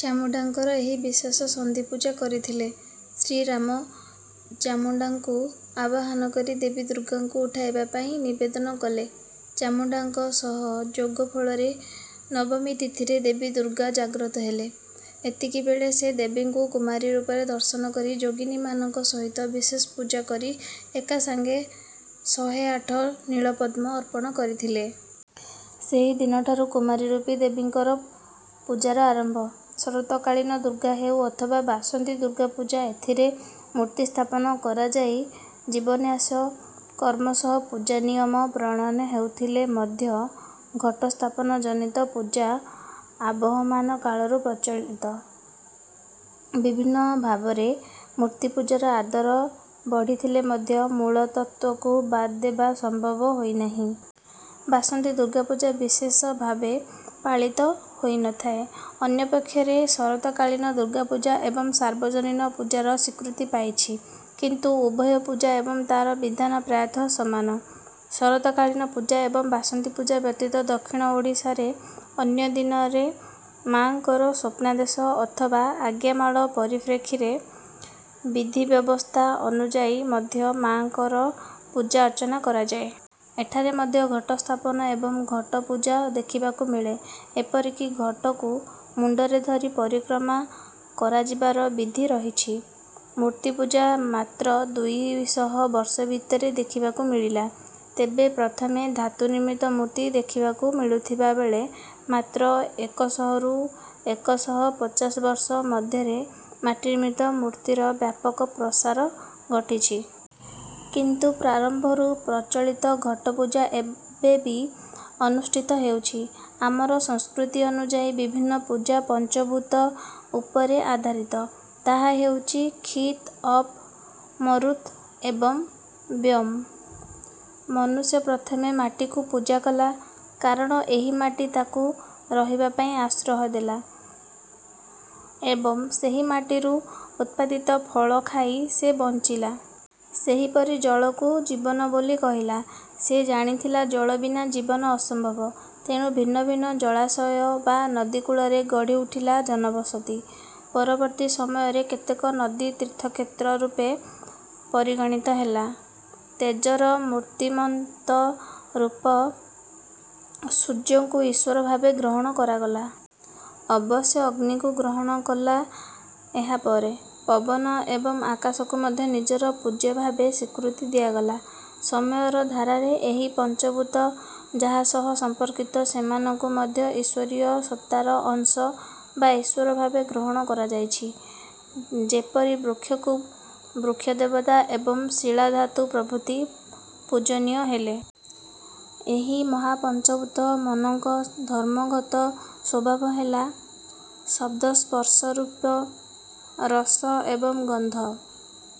ଚାମୁଣ୍ଡାଙ୍କର ଏହି ବିଶେଷ ସନ୍ଧିପୂଜା କରିଥିଲେ। ଶ୍ରୀରାମ ଚାମୁଣ୍ଡାଙ୍କୁ ଆବାହନ କରି ଦେବୀ ଦୁର୍ଗାଙ୍କୁ ଉଠାଇବା ପାଇଁ ନିବେଦନ କଲେ। ଚାମୁଣ୍ଡାଙ୍କ ସହଯୋଗ ଫଳରେ ନବମୀ ତିଥିରେ ଦେବୀ ଦୁର୍ଗା ଜାଗ୍ରତ ହେଲେ। ଏତିକିବେଳେ ସେ ଦେବୀଙ୍କୁ କୁମାରୀ ରୂପରେ ଦର୍ଶନ କରି ଯୋଗିନୀମାନଙ୍କ ସହିତ ବିଶେଷ ପୂଜା କରି ଏକାସାଙ୍ଗେ ଶହେଆଠ ନୀଳପଦ୍ମ ଅର୍ପଣ କରିଥିଲେ। ସେହି ଦିନଠାରୁ କୁମାରୀ ରୂପୀ ଦେବୀଙ୍କର ପୂଜାର ଆରମ୍ଭ। ଶରତକାଳୀନ ଦୁର୍ଗା ହେଉ ଅଥବା ବାସନ୍ତି ଦୁର୍ଗାପୂଜା ଏଥିରେ ମୂର୍ତ୍ତି ସ୍ଥାପନ କରାଯାଇ ଜୀବନ୍ୟାସ କର୍ମ ସହ ପୂଜା ନିୟମ ପ୍ରଣୟନ ହେଉଥିଲେ ମଧ୍ୟ ଘଟସ୍ଥାପନ ଜନିତ ପୂଜା ଆବହମାନ କାଳରୁ ପ୍ରଚଳିତ। ବିଭିନ୍ନ ଭାବରେ ମୂର୍ତ୍ତିପୂଜାର ଆଦର ବଢିଥିଲେ ମଧ୍ୟ ମୂଳ ତତ୍ତ୍ୱକୁ ବାଦ ଦେବା ସମ୍ଭବ ହୋଇନାହିଁ। ବାସନ୍ତୀ ଦୁର୍ଗାପୂଜା ବିଶେଷ ଭାବେ ପାଳିତ ହୋଇ ନ ଥାଏ। ଅନ୍ୟପକ୍ଷରେ ଶରତକାଳୀନ ଦୁର୍ଗାପୂଜା ଏବେ ସାର୍ବଜନୀନ ପୂଜାର ସ୍ୱୀକୃତି ପାଇଛି କିନ୍ତୁ ଉଭୟ ପୂଜା ଏବଂ ତାର ବିଧାନ ପ୍ରାୟତଃ ସମାନ। ଶରତକାଳୀନ ପୂଜା ଏବଂ ବାସନ୍ତୀପୂଜା ବ୍ୟତୀତ ଦକ୍ଷିଣ ଓଡ଼ିଶାରେ ଅନ୍ୟ ଦିନରେ ମାଙ୍କର ସ୍ୱପ୍ନାଦେଶ ଅଥବା ଆଜ୍ଞାମାଳ ପରିପ୍ରେକ୍ଷୀରେ ବିଧିବ୍ୟବସ୍ଥା ଅନୁଯାୟୀ ମଧ୍ୟ ମାଙ୍କର ପୂଜା ଅର୍ଚ୍ଚନା କରାଯାଏ। ଏଠାରେ ମଧ୍ୟ ଘଟ ସ୍ଥାପନ ଏବଂ ଘଟପୂଜା ଦେଖିବାକୁ ମିଳେ ଏପରିକି ଘଟକୁ ମୁଣ୍ଡରେ ଧରି ପରିକ୍ରମା କରାଯିବାର ବିଧି ରହିଛି। ମୂର୍ତ୍ତିପୂଜା ମାତ୍ର ଦୁଇ ଶହ ବର୍ଷ ଭିତରେ ଦେଖିବାକୁ ମିଳିଲା। ତେବେ ପ୍ରଥମେ ଧାତୁ ନିର୍ମିତ ମୂର୍ତ୍ତି ଦେଖିବାକୁ ମିଳୁଥିବା ବେଳେ ମାତ୍ର ଏକ ଶହରୁ ଏକ ଶହ ପଚାଶ ବର୍ଷ ମଧ୍ୟରେ ମାଟି ନିର୍ମିତ ମୂର୍ତ୍ତିର ବ୍ୟାପକ ପ୍ରସାର ଘଟିଛି। କିନ୍ତୁ ପ୍ରାରମ୍ଭରୁ ପ୍ରଚଳିତ ଘଟପୂଜା ଏବେ ବି ଅନୁଷ୍ଠିତ ହେଉଛି। ଆମର ସଂସ୍କୃତି ଅନୁଯାୟୀ ବିଭିନ୍ନ ପୂଜା ପଞ୍ଚଭୂତ ଉପରେ ଆଧାରିତ। ତାହା ହେଉଛି କ୍ଷିତ୍ ଅପ୍ ମରୁତ୍ ଏବଂ ବ୍ୟୋମ୍। ମନୁଷ୍ୟ ପ୍ରଥମେ ମାଟିକୁ ପୂଜାକଲା। କାରଣ ଏହି ମାଟି ତାକୁ ରହିବା ପାଇଁ ଆଶ୍ରୟ ଦେଲା ଏବଂ ସେହିମାଟିରୁ ଉତ୍ପାଦିତ ଫଳ ଖାଇ ସେ ବଞ୍ଚିଲା। ସେହିପରି ଜଳ କୁ ଜୀବନ ବୋଲି କହିଲା। ସେ ଜାଣିଥିଲା ଜଳ ବିନା ଜୀବନ ଅସମ୍ଭବ। ତେଣୁ ଭିନ୍ନ ଭିନ୍ନ ଜଳାଶୟ ବା ନଦୀକୂଳରେ ଗଢିଉଠିଲା ଜନବସତି। ପରବର୍ତ୍ତୀ ସମୟରେ କେତେକ ନଦୀ ତୀର୍ଥକ୍ଷେତ୍ର ରୂପେ ପରିଗଣିତ ହେଲେ। ତେଜର ମୂର୍ତ୍ତିମନ୍ତ ରୂପ ସୂର୍ଯ୍ୟଙ୍କୁ ଈଶ୍ୱର ଭାବେ ଗ୍ରହଣ କରାଗଲା। ଅବଶ୍ୟ ଅଗ୍ନିକୁ ଗ୍ରହଣ କଲା ଏହାପରେ। ପବନ ଏବଂ ଆକାଶ କୁ ମଧ୍ୟ ନିଜର ପୂଜ୍ୟ ଭାବେ ସ୍ୱୀକୃତି ଦିଆଗଲା। ସମୟର ଧାରାରେ ଏହି ପଞ୍ଚଭୂତ ଯାହା ସହ ସମ୍ପର୍କିତ ସେମାନଙ୍କୁ ମଧ୍ୟ ଈଶ୍ୱରୀୟ ସତ୍ତାର ଅଂଶ ବା ଈଶ୍ୱର ଭାବେ ଗ୍ରହଣ କରାଯାଇଛି। ଯେପରି ବୃକ୍ଷକୁ ବୃକ୍ଷଦେବତା ଏବଂ ଶିଳା ଧାତୁ ପ୍ରଭୃତି ପୂଜନୀୟ ହେଲେ। ଏହି ମହାପଞ୍ଚଭୂତମନଙ୍କ ଧର୍ମଗତ ସ୍ୱଭାବ ହେଲା ଶବ୍ଦ ସ୍ପର୍ଶ ରୂପ ରସ ଏବଂ ଗନ୍ଧ।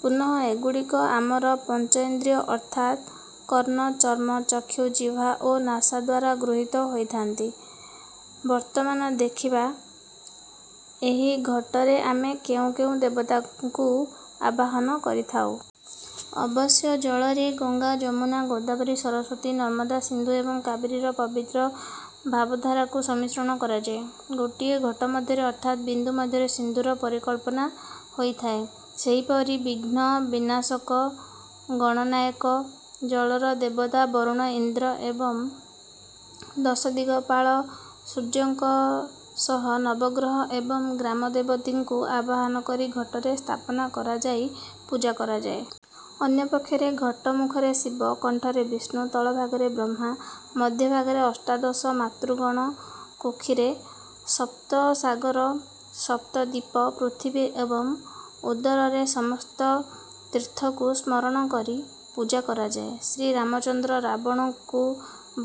ପୁନଃ ଏଗୁଡ଼ିକ ଆମର ପଞ୍ଚଇନ୍ଦ୍ରୀୟ ଅର୍ଥାତ୍ କର୍ଣ୍ଣ ଚର୍ମ ଚକ୍ଷୁ ଜିହ୍ୱା ଓ ନାସାଦ୍ୱାରା ଗୃହିତ ହୋଇଥାନ୍ତି। ବର୍ତ୍ତମାନ ଦେଖିବା ଏହି ଘଟରେ ଆମେ କେଉଁ କେଉଁ ଦେବତାଙ୍କୁ ଆବାହନ କରିଥାଉ। ଅବଶ୍ୟ ଜଳରେ ଗଙ୍ଗା ଯମୁନା ଗୋଦାବରୀ ସରସ୍ୱତୀ ନର୍ମଦା ସିନ୍ଧୁ ଏବଂ କାବେରୀର ପବିତ୍ର ଭାବଧାରାକୁ ସମ୍ମିଶ୍ରଣ କରାଯାଏ। ଗୋଟିଏ ଘଟ ମଧ୍ୟରେ ଅର୍ଥାତ ବିନ୍ଦୁ ମଧ୍ୟରେ ସିନ୍ଧୁର ପରିକଳ୍ପନା ହୋଇଥାଏ। ସେହିପରି ବିଘ୍ନ ବିନାଶକ ଗଣନାୟକ ଜଳର ଦେବତା ବରୁଣ ଇନ୍ଦ୍ର ଏବଂ ଦଶଦିଗପାଳ ସୂର୍ଯ୍ୟଙ୍କ ସହ ନବଗ୍ରହ ଏବଂ ଗ୍ରାମଦେବତୀଙ୍କୁ ଆବାହନ କରି ଘଟରେ ସ୍ଥାପନା କରାଯାଇ ପୂଜା କରାଯାଏ। ଅନ୍ୟ ପକ୍ଷରେ ଘଟ ମୁଖରେ ଶିବ କଣ୍ଠରେ ବିଷ୍ଣୁ ତଳ ଭାଗରେ ବ୍ରହ୍ମା ମଧ୍ୟଭାଗରେ ଅଷ୍ଟାଦଶ ମାତୃଗଣ କୁକ୍ଷୀରେ ସପ୍ତସାଗର ସପ୍ତଦ୍ୱୀପ ପୃଥିବୀ ଏବଂ ଉଦରରେ ସମସ୍ତ ତୀର୍ଥକୁ ସ୍ମରଣ କରି ପୂଜା କରାଯାଏ। ଶ୍ରୀରାମଚନ୍ଦ୍ର ରାବଣଙ୍କୁ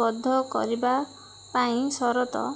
ବଧ କରିବା ପାଇଁ ଶରତ